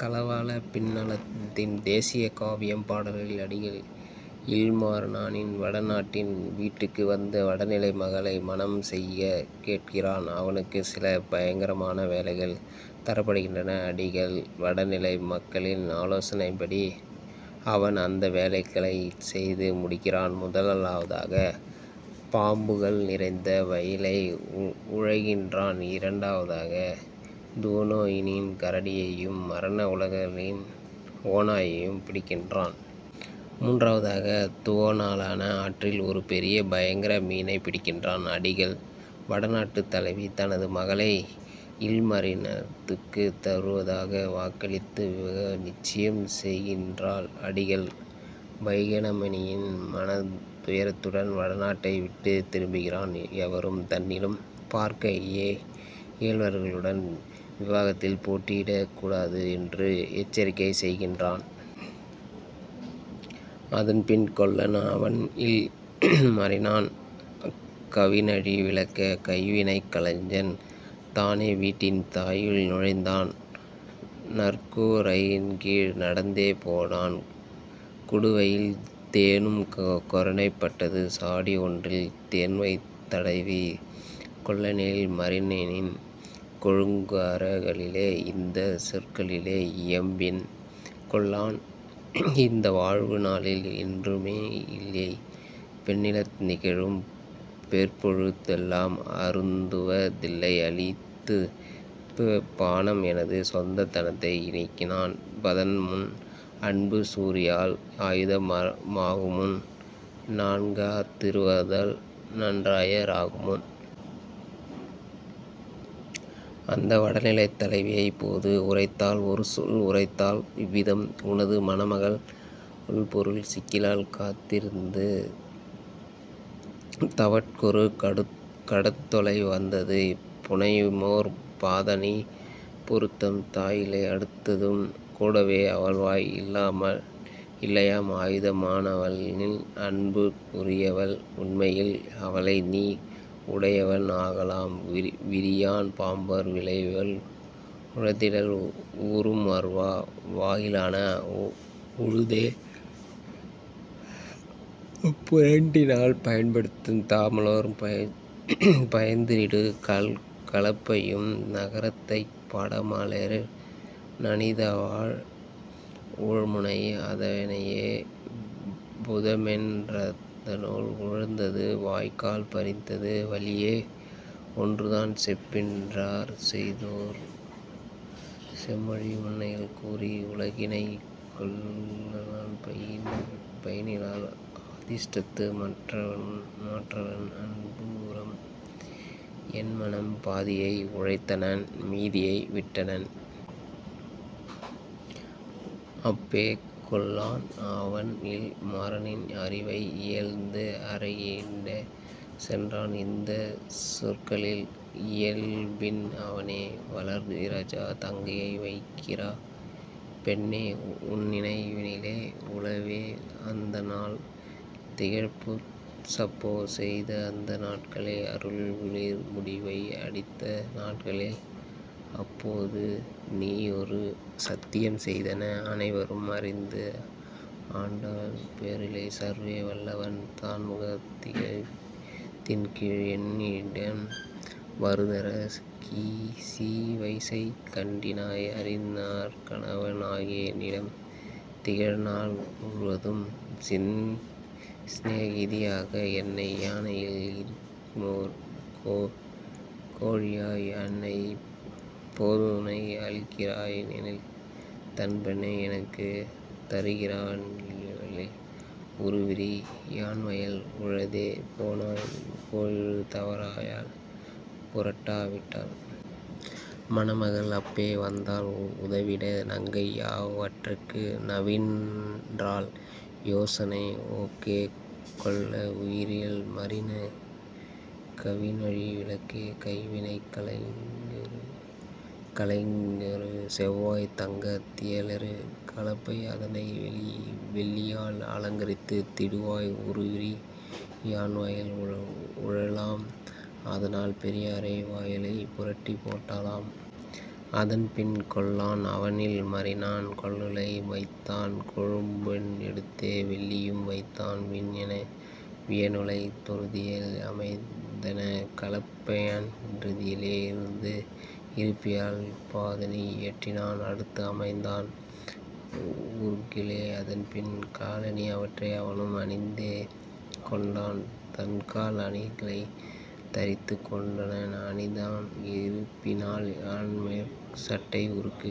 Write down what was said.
கலவலா பின்லாந்தின் தேசிய காவியம் பாடல்கள் அடிகள்: இல்மரினன் வடநாட்டின் வீட்டுக்கு வந்து வடநில மகளை மணம் செய்யக் கேட்கிறான். அவனுக்குச் சில பயங்கரமான வேலைகள் தரப்படுகின்றன. அடிகள்: வடநில மகளின் ஆலோசனைப்படி அவன் அந்த வேலைகளைச் செய்து முடிக்கிறான். முதலாவதாக பாம்புகள் நிறைந்த வயலை உழுகிறான்; இரண்டாவதாக துவோனியின் கரடியையும் மரண உலகின் ஓநாயையும் பிடிக்கிறான். மூன்றாவதாக துவோனலா ஆற்றில் ஒரு பெரிய பயங்கர மீனைப் பிடிக்கிறான். அடிகள்: வடநாட்டுத் தலைவி தனது மகளை இல்மரினனுக்குத் தருவதாக வாக்களித்து விவாக நிச்சயம் செய்கிறாள். அடிகள்: வைனாமொயினன் மனத்துயருடன் வடநாட்டை விட்டுத் திரும்புகிறான். எவரும் தன்னிலும் பார்க்க இளையவர்களுடன் விவாகத்தில் போட்டியிடக் கூடாது என்று எச்சரிக்கை செய்கிறான். அதன்பின் கொல்லன் அவன்இல் மரினன் கவின்அழி வில்லாக் கைவினைக் கலைஞன் தானே வீட்டின் தனியுள் நுழைந்து நற்கூ ரையின்கீழ் நடந்தே போனான். குடுவையில் தேனும் கொணரப் பட்டது சாடி ஒன்றிலே தேன்வந் தடைந்தது கொல்லன்இல் மரினனின் கொழுங்கரங் களிலே; இந்தச் சொற்களில் இயம்பினன் கொல்லன்: "இந்தவாழ் நாளில் என்றுமே யில்லை பொன்னிலாத் திகழும் பொற்பொழு தெல்லாம் அருந்துவ தில்லை அளித்தஇப் பானம் எனது சொந் தத்தை இனிக்காண் பதன்முன் அன்புக் குரியாள் ஆயத்த மாகுமுன் நான்காத் திருந்தவள் நற்றயா ராகுமுன். " அந்த வடநிலத் தலைவியப் போது உரைத்தாள் ஒருசொல் உரைத்தாள் இவ்விதம்: "உனது மணமகள் உள்பெரும் சிக்கலில் காத்திருந் தவட்கொரு கடுந்தொலை வந்தது புனையுமோர் பாதணி பொருத்தம தாயிலை அடுத்ததும் கூடவே அளவாய் இல்லையாம்; ஆயத மானவள்நின் அன்புக்கு உரியவள் உண்மையில் அவளைநீ உடையவன் ஆகலாம் விரியன் பாம்பார் விளைவயல் உழுதிடில் உறும்அரா வயலினை உழுதே புரட்டினால் பயன்படுத் தாமலோர் பாய்ந்திடு கலப்பையும் நகர்த்தப் படாமலோர் நனிதவழ் உழ்முனை; அதனையே புதமொன் றந்தநாள் உழுதது வாய்க்கால் பறித்தது வலியபேய் ஒன்றுதான் செப்பினாற் செய்ததோர் செழும்உழு முனையினால் கூரிய அலகினைக் கொள்கலப் பையினால் அதிர்ஷ்ட மற்றவன் அன்புறும் என்மகன் பாதியை உழுதனன் மீதியை விட்டனன். " அப்போ கொல்லன் அவன்இல் மரினன் அரிவை இருந்த அறையினுட் சென்றான் இந்தச் சொற்களில் இயம்பினன் அவனே: "வளர்இரா நங்கையே, வைகறைப் பெண்ணே! உன்நினை வினிலே உளவோ அந்நாள்? திகழ்புதுச் சம்போ செய்தஅந் நாட்களை? அரும்ஒளிர் மூடியை அடித்தவந் நாட்களை? அப்போது நீயொரு சத்தியம் செய்தனை அனைவரும் அறிந்த ஆண்டவன் பேரிலே சர்வ வல்லவன் தன்முகத் தின்கீழ் என்னிடம் வருதற் கிசைவைக் காட்டினாய் அரியநற் கணவன் ஆகிய என்னிடம் திகழ்நாள் முழுவதும் சினேகிதி யாக என்கை யணைப்பில் இருக்குமோர் கோழியாய்; அன்னைஇப் போதுனை அளிக்கிறா ளில்லை தன்பெணை எனக்குத் தருகிறா ளில்லை உறுவிரி யன்வயல் உழாதே போனால் போயுழு தராவயல் புரட்டா விட்டால். " மணமகள் அப்போ வந்தாள் உதவிட நங்கை யவற்கு நவின்றாள் யோசனை: "ஓகோ, கொல்ல, உயர்இல் மரின! கவினழி வில்லாக் கைவினைக் கலைஞ! செய்வாய் தங்கத் திலேயொரு கலப்பை அதனை வெள்ளியால் அலங்கரித் திடுவாய் உறுவிரி யன்வயல் உழலாம் அதனால் பெறியரா வயலைப் புரட்டிப் போடலாம். " அதன்பின் கொல்லன் அவன்இல் மரினன் கொல்லுலை வைத்தான் கொழும்பொன் எடுத்தே வெள்ளியும் வைத்தான் வியனுலைத் துருத்தியில் அமைத்தான் கலப்பையொன் றதிலே யிருந்து; இரும்பிலே பாதணி இயற்றினான் அடுத்து அமைத்தான் உருக்கிலே அதன்பின் காலணி அவற்றை அவனும் அணிந்தே கொண்டனன் தன்கால் அணிகளைத் தரித்துக் கொண்டனன் அணிந்தனன் இரும்பினால் ஆனமேற் சட்டை உருக்கு